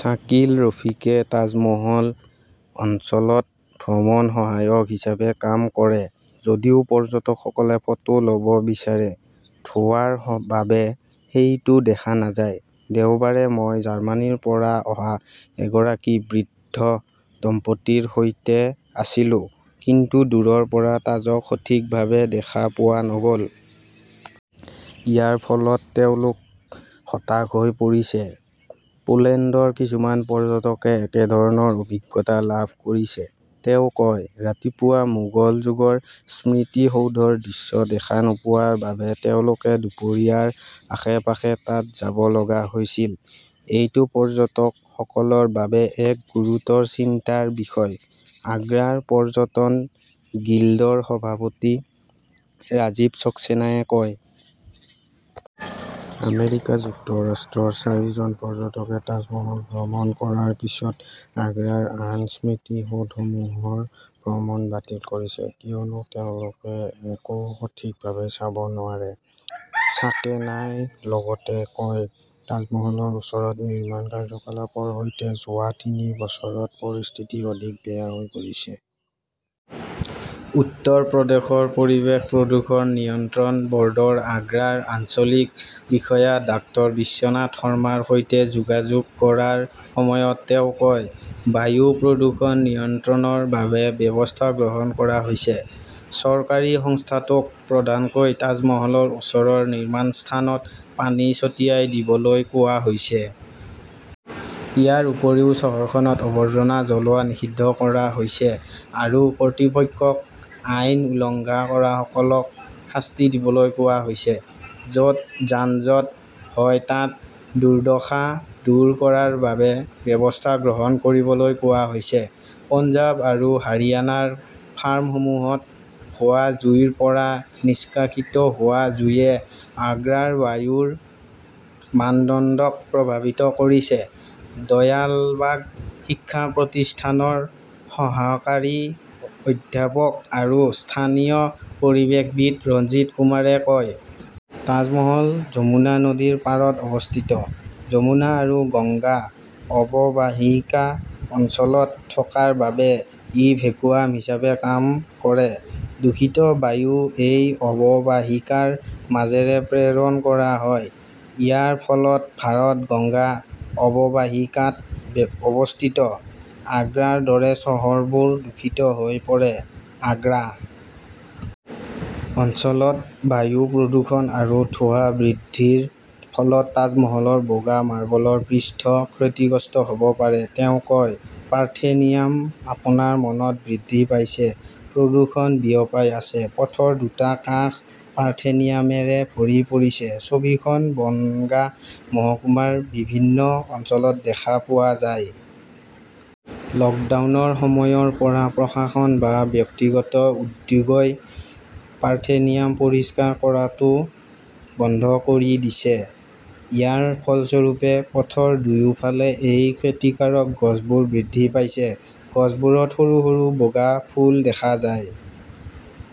শ্বাকিল ৰফীকে তাজমহল অঞ্চলত ভ্ৰমণ সহায়ক হিচাপে কাম কৰে। যদিও পৰ্যটকসকলে ফটো লব বিচাৰে, ধোঁৱাৰ বাবে সেইটো দেখা নাযায়। দেওবাৰে, মই জাৰ্মানীৰ পৰা অহা এগৰাকী বৃদ্ধ দম্পতীৰ সৈতে আছিলো। কিন্তু দূৰৰ পৰা তাজক সঠিকভাৱে দেখা পোৱা নগল। ইয়াৰ ফলত তেওঁলোক হতাশ হৈ পৰিছে। পোলেণ্ডৰ কিছুমান পৰ্যটকে একেধৰণৰ অভিজ্ঞতা লাভ কৰিছে। তেওঁ কয়, ৰাতিপুৱা মোগল যুগৰ স্মৃতিসৌধৰ দৃশ্য দেখা নোপোৱাৰ বাবে তেওঁলোকে দুপৰীয়াৰ আশে-পাশে তাত যাব লগা হৈছিল। এইটো পৰ্যটকসকলৰ বাবে এক গুৰুতৰ চিন্তাৰ বিষয়, আগ্ৰাৰ পৰ্যটন গিল্ডৰ সভাপতি ৰাজীৱ সক্সেনায়ে কয়। আমেৰিকা যুক্তৰাষ্ট্ৰৰ চাৰিজন পৰ্যটকে তাজমহল ভ্ৰমণ কৰাৰ পিছত আগ্ৰাৰ আন স্মৃতিসৌধসমূহৰ ভ্ৰমণ বাতিল কৰিছে। কিয়নো তেওঁলোকে একো সঠিকভাৱে চাব নোৱাৰে। ছাকেনাই লগতে কয়, তাজমহলৰ ওচৰত নিৰ্মাণ কাৰ্যকলাপৰ সৈতে যোৱা তিনি বছৰত পৰিস্থিতি অধিক বেয়া হৈ পৰিছে। উত্তৰ প্ৰদেশৰ পৰিৱেশ প্ৰদূষণ নিয়ন্ত্ৰণ বৰ্ডৰ আগ্ৰাৰ আঞ্চলিক বিষয়া ডাঃ বিশ্বনাথ শৰ্মাৰ সৈতে যোগাযোগ কৰাৰ সময়ত তেওঁ কয়, বায়ু প্ৰদূষণ নিয়ন্ত্ৰণৰ বাবে ব্যৱস্থা গ্ৰহণ কৰা হৈছে। চৰকাৰী সংস্থাটোক প্ৰধানকৈ তাজমহলৰ ওচৰৰ নিৰ্মাণ স্থানত পানী ছটিয়াই দিবলৈ কোৱা হৈছে। ইয়াৰ উপৰিও, চহৰখনত আৱৰ্জনা জ্বলোৱা নিষিদ্ধ কৰা হৈছে আৰু কৰ্তৃপক্ষক আইন উলংঘা কৰাসকলক শাস্তি দিবলৈ কোৱা হৈছে। যত যান-জঁট হয় তাত দুৰ্দশা দূৰ কৰাৰ বাবে ব্যৱস্থা গ্ৰহণ কৰিবলৈ কোৱা হৈছে। পঞ্জাৱ আৰু হাৰিয়ানাৰ ফাৰ্মসমূহত হোৱা জুইৰ পৰা নিষ্কাশিত হোৱা জুইয়ে আগ্ৰাৰ বায়ুৰ মানদণ্ডক প্ৰভাৱিত কৰিছে, দয়ালবাগ শিক্ষা প্ৰতিষ্ঠানৰ সহকাৰী অধ্যাপক আৰু স্থানীয় পৰিৱেশবিদ ৰঞ্জিত কুমাৰে কয়। তাজমহল যমুনা নদীৰ পাৰত অৱস্থিত। যমুনা আৰু গংগা অৱবাহিকা অঞ্চলত থকাৰ বাবে ই ভেকুৱাম হিচাপে কাম কৰে। দূষিত বায়ু এই অৱবাহিকাৰ মাজেৰে প্ৰেৰণ কৰা হয়। ইয়াৰ ফলত ভাৰত-গংগা অৱবাহিকাত অৱস্থিত আগ্ৰাৰ দৰে চহৰবোৰ দূষিত হৈ পৰে। আগ্ৰা অঞ্চলত বায়ু প্ৰদূষণ আৰু ধোঁৱা বৃদ্ধিৰ ফলত তাজমহলৰ বগা মাৰ্বলৰ পৃষ্ঠ ক্ষতিগ্ৰস্ত হব পাৰে, তেওঁ কয়, পাৰ্থেনিয়াম আপোনাৰ মনত বৃদ্ধি পাইছে, প্ৰদূষণ বিয়পাই আছে পথৰ দুটা কাষ পাৰ্থেনিয়ামেৰে ভৰি পৰিছে। ছবিখন বনগাঁ মহকুমাৰ বিভিন্ন অঞ্চলত দেখা পোৱা যায়। লকডাউনৰ সময়ৰ পৰা প্ৰশাসন বা ব্যক্তিগত উদ্যোগই পাৰ্থেনিয়াম পৰিষ্কাৰ কৰাটো বন্ধ কৰি দিছে। ইয়াৰ ফলস্বৰূপে, পথৰ দুয়োফালে এই ক্ষতিকাৰক গছবোৰ বৃদ্ধি পাইছে। গছবোৰত সৰু-সৰু বগা ফুল দেখা যায়।